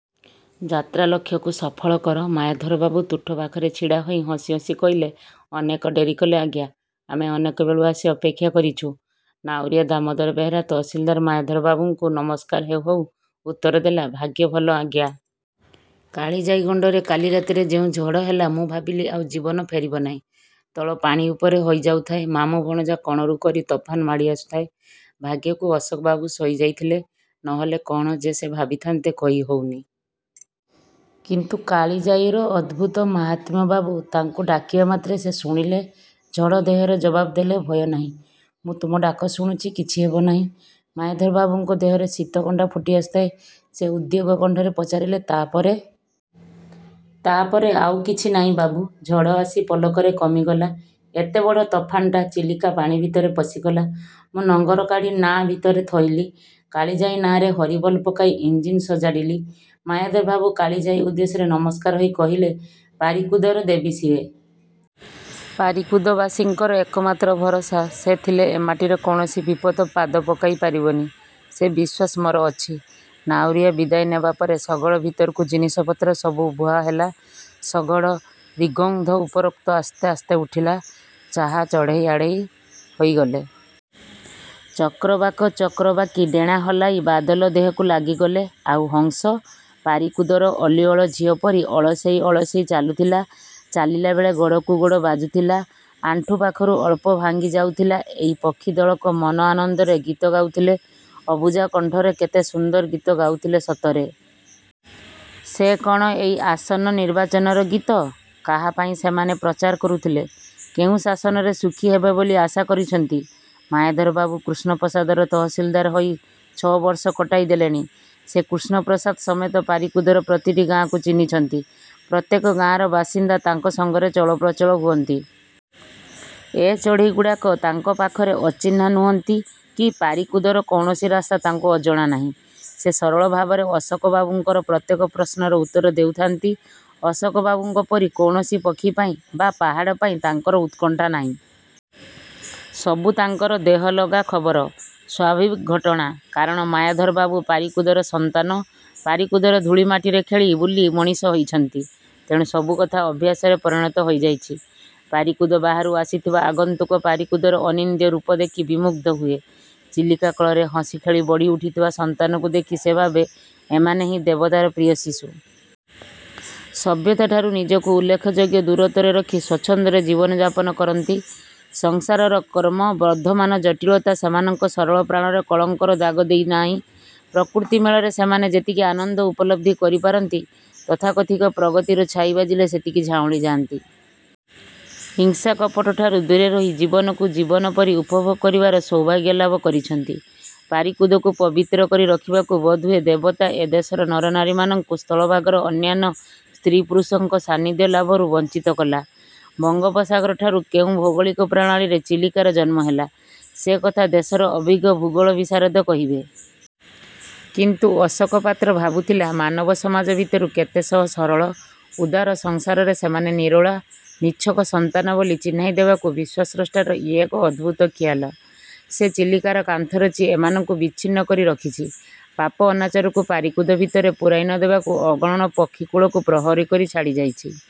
ଯାତ୍ରାଲକ୍ଷ୍ୟକୁ ସଫଳ କର। ' ମାୟାଧରବାବୁ ତୁଠ ପାଖରେ ଛିଡ଼ାହୋଇ ହସି ହସି କହିଲେ, ଅନେକ ଡେରିକଲେ ଆଜ୍ଞା! ଆମେ ଅନେକବେଳୁ ଆସି ଅପେକ୍ଷା କରିଛୁଁ। ନାଉରୀଆ ଦାମୋଦର ବେହେରା ତହସିଲ୍ଦାର ମାୟାଧର ବାବୁଙ୍କୁ ନମସ୍କାର ହେଉ ହେଉ ଉତ୍ତର ଦେଲା, ଭାଗ୍ୟ ଭଲ ଆଜ୍ଞା! କାଳିଜାଈ ଗଣ୍ଡରେ କାଲି ରାତିରେ ଯେଉଁ ଝଡ଼ ହେଲା, ମୁଁ ଭାବିଲି ଆଉ ଜୀବନ ଫେରିବ ନାହିଁ। ତଳ ପାଣି ଉପର ହୋଇଯାଉଥାଏ। ମାମୁଁ ଭଣଜା କୋଣରୁ କରି ତୋଫାନ ମାଡ଼ି ଆସୁଥାଏ। ଭାଗ୍ୟକୁ ଅଶୋକ ବାବୁ ଶୋଇ ଯାଇଥିଲେ। ନହେଲେ କଣ ଯେ ସେ ଭାବିଥାନ୍ତେ, କହି ହେଉନି। କିନ୍ତୁ କାଳିଜାଈର ଅଦ୍ଭୁତ ମାହାତ୍ମ୍ୟ ବାବୁ! ତାଙ୍କୁ ଡାକିବା ମାତ୍ରେ ସେ ଶୁଣିଲେ। ଝଡ଼ ଦେହରେ ଜବାବ ଦେଲେ, ଭୟନାହିଁ। ମୁଁ ତୁମ ଡାକ ଶୁଣିଛି। କିଛି ହେବ ନାହିଁ। ମାୟାଧର ବାବୁଙ୍କ ଦେହରେ ଶୀତକଣ୍ଟା ଫୁଟି ଆସୁଥାଏ। ସେ ଉଦ୍ବେଗ କଣ୍ଠରେ ପଚାରିଲେ, ତା ପରେ? ତା ପରେ ଆଉ କିଛି ନାହିଁ ବାବୁ, ଝଡ଼ ଆସି ପଲକରେ କମିଗଲା। ଏତେବଡ଼ ତୋଫାନଟା ଚିଲିକା ପାଣି ଭିତରେ ପଶିଗଲା। ମୁଁ ନଙ୍ଗର କାଢ଼ି ନାହା ଭିତରେ ଥୋଇଲି। କାଳିଯାଈ ନାଆଁ ରେ 'ହରିବୋଲ' ପକାଇ ଇଂଜିନ୍ ସଜାଡ଼ିଲି। ମାୟାଧର ବାବୁ କାଳିଜାଈ ଉଦ୍ଦେଶ୍ୟରେ ନମସ୍କାର ହୋଇ କହିଲେ, ପାରିକୁଦର ଦେବୀ ସିଏ! ପାରିକୁଦବାସୀଙ୍କର ଏକମାତ୍ର ଭରସା। ସେ ଥିଲେ ଏ ମାଟିରେ କୌଣସି ବିପଦ ପାଦ ପକାଇ ପାରିବନି। ସେ ବିଶ୍ୱାସ ମୋର ଅଛି। ନାଉରୀଆ ବିଦାୟ ନେବା ପରେ ଶଗଡ଼ ଭିତରକୁ ଜିନିଷ ପତ୍ର ସବୁ ବୁହାହେଲା। ଶଗଡ଼ ରିଙ୍ଗ୍ବନ୍ଧ ଉପରକୁ ଆସ୍ତେ ଆସ୍ତେ ଉଠିଲା। ଚାହା ଚଢ଼େଇ ଆଡ଼େଇ ହୋଇଗଲେ। ଚକ୍ରବାକ ଚକ୍ରବାକୀ ଡେଣା ହଲାଇ ବାଦଲ ଦେହକୁ ଲାଗିଗଲେ। ଆଉ ହଂସ? ପାରିକୁଦର ଅଲିଅଳ ଝିଅପରି ଅଳସେଇ ଅଳସେଇ ଚାଲୁଥିଲା। ଚାଲିଲାବେଳେ ଗୋଡ଼କୁ ଗୋଡ଼ ବାଜୁଥିଲା। ଆଣ୍ଠୁ ପାଖରୁ ଅଳ୍ପ ଭାଙ୍ଗି ଯାଉଥିଲା ଏହି ପକ୍ଷୀଦଳକ ମନ ଆନନ୍ଦରେ ଗୀତ ଗାଉଥିଲେ। ଅବୁଝା କଣ୍ଠରେ କେତେ ସୁନ୍ଦର ଗୀତ ଗାଉଥିଲେ ସତରେ! ସେ କଣ ଏହି ଆସନ୍ନ ନିର୍ବାଚନର ଗୀତ? କାହାପାଇଁ ସେମାନେ ପ୍ରଚାର କରୁଥିଲେ।? କେଉଁ ଶାସନରେ ସୁଖୀ ହେବେ ବୋଲି ଆଶା କରିଛନ୍ତି? ମାୟାଧରବାବୁ କୃଷ୍ଣପ୍ରସାଦର ତହସିଲ୍ଦାର ହୋଇ ଛଅବର୍ଷ କଟାଇ ଦେଲେଣି। ସେ କୃଷ୍ଣପ୍ରସାଦ ସମେତ ପାରିକୁଦର ପ୍ରତିଟି ଗାଆଁକୁ ଚିହ୍ନିଛନ୍ତି। ପ୍ରତ୍ୟେକ ଗାଆଁର ବାସିନ୍ଦା ତାଙ୍କ ସଙ୍ଗେର ଚଳପ୍ରଚଳ ହୁଅନ୍ତି। ଏ ଚଢ଼େଇ ଗୁଡ଼ାକ ତାଙ୍କ ପାଖରେ ଅଚିହ୍ନା ନୁହନ୍ତି କି ପାରିକୁଦର କୌଣସି ରାସ୍ତା ତାଙ୍କୁ ଅଜଣା ନାହିଁ। ସେ ସରଳ ଭାବରେ ଅଶୋକ ବାବୁଙ୍କର ପ୍ରତ୍ୟେକ ପ୍ରଶ୍ନର ଉତ୍ତର ଦେଉଥାନ୍ତି। ଅଶୋକବାବୁଙ୍କ ପରି କୌଣସି ପକ୍ଷୀପାଇଁ ବା ପାହାଡ଼ ପାଇଁ ତାଙ୍କର ଉତ୍କଣ୍ଠା ନାହିଁ। ସବୁ ତାଙ୍କର ଦେହଲଗା ଖବର, ସ୍ୱାଭାବିକ ଘଟଣା। କାରଣ ମାୟାଧର ବାବୁ ପାରିକୁଦର ସନ୍ତାନ। ପାରିକୁଦର ଧୂଳିମାଟିରେ ଖେଳି, ବୁଲି ମଣିଷ ହୋଇଛନ୍ତି। ତେଣୁ ସବୁକଥା ଅଭ୍ୟାସରେ ପରିଣତ ହୋଇଯାଇଛି। ପାରିକୁଦ ବାହାରୁ ଆସିଥିବା ଆଗନ୍ତୁକ ପାରିକୁଦର ଅନିନ୍ଦ୍ୟ ରୂପ ଦେଖି ବିମୁଗ୍ଧ ହୁଏ-। ଚିଲିକା କୋଳରେ ହସିଖେଳି ବଢ଼ି–ଉଠିଥିବା ସନ୍ତାନକୁ ଦେଖି ସେ ଭାବେ, ଏମାନେହିଁ ଦେବତାର ପ୍ରିୟଶିଶୁ। ସଭ୍ୟତାଠାରୁ ନିଜକୁ ଉଲ୍ଲେଖ ଯୋଗ୍ୟ ଦୂରତ୍ୱରେ ରଖି ସ୍ୱଚ୍ଛନ୍ଦରେ ଜୀବନ ଯାପନ କରନ୍ତି। ସଂସାରର କ୍ରମ-ବର୍ଦ୍ଧମାନ ଜଟିଳତା ସେମାନଙ୍କ ସରଳ ପ୍ରାଣରେ କଳଙ୍କର ଦାଗ ଦେଇନାହିଁ। ପ୍ରକୃତି ମେଳରେ ସେମାନେ ଯେତିକି ଆନନ୍ଦ ଉପଲବ୍ଧି କରିପାରନ୍ତି ତଥାକଥିକ ପ୍ରଗତିର ଛାଇ ବାଜିଲେ ସେତିକି ଝାଉଁଳି ଯାଆନ୍ତି। ହିଂସାକପଟଠାରୁ ଦୂରେ ରହି ଜୀବନକୁ ଜୀବନ ପରି ଉପଭୋଗ କରିବାର ସୌଭାଗ୍ୟ ଲାଭ କରିଛନ୍ତି। ପାରିକୁଦକୁ ପବିତ୍ର କରି ରଖିବାକୁ ବୋଧହୁଏ ଦେବତା ଏ ଦେଶର ନରନାରୀମାନଙ୍କୁ ସ୍ଥଳଭାଗର ଅନ୍ୟାନ୍ୟ ସ୍ତ୍ରୀପୁରୁଷଙ୍କ ସାନ୍ନିଧ୍ୟ ଲାଭରୁ ବଞ୍ଚିତ କଲା। ବଙ୍ଗୋପସାଗର ଠାରୁ କେଉଁ ଭୌଗଳିକ ପ୍ରଣାଳୀରେ ଚିଲିକାର ଜନ୍ମ ହେଲା, ସେକଥା ଦେଶର ଅଭିଜ୍ଞ ଭୂଗୋଳ-ବିଶାରଦ କହିବେ। କିନ୍ତୁ ଅଶୋକ ପାତ୍ର ଭାବୁଥିଲା, ମାନବ ସମାଜ ଭିତରୁ କେତେଶହ ସରଳ; ଉଦାର ସଂସାରରେ ସେମାନେ ନିରୋଳା, ନିଛକ ସନ୍ତାନ ବୋଲି ଚିହ୍ନାଇ ଦେବାକୁ ବିଶ୍ୱାସ୍ରଷ୍ଟାର ଇଏ ଏକ ଅଦ୍ଭୁତ ଖିଆଲ। ସେ ଚିଲିକାର କାନ୍ଥ ରଚି ଏମାନଙ୍କୁ ବିଚ୍ଛିନ୍ନ କରି ରଖିଛି। ପାପ; ଅନାଚାରକୁ ପାରିକୁଦ ଭିତରେ ପୂରାଇ ନ ଦେବାକୁ ଅଗଣନ ପକ୍ଷୀକୁଳକୁ ପ୍ରହରୀ କରି ଛାଡ଼ି ଯାଇଛି।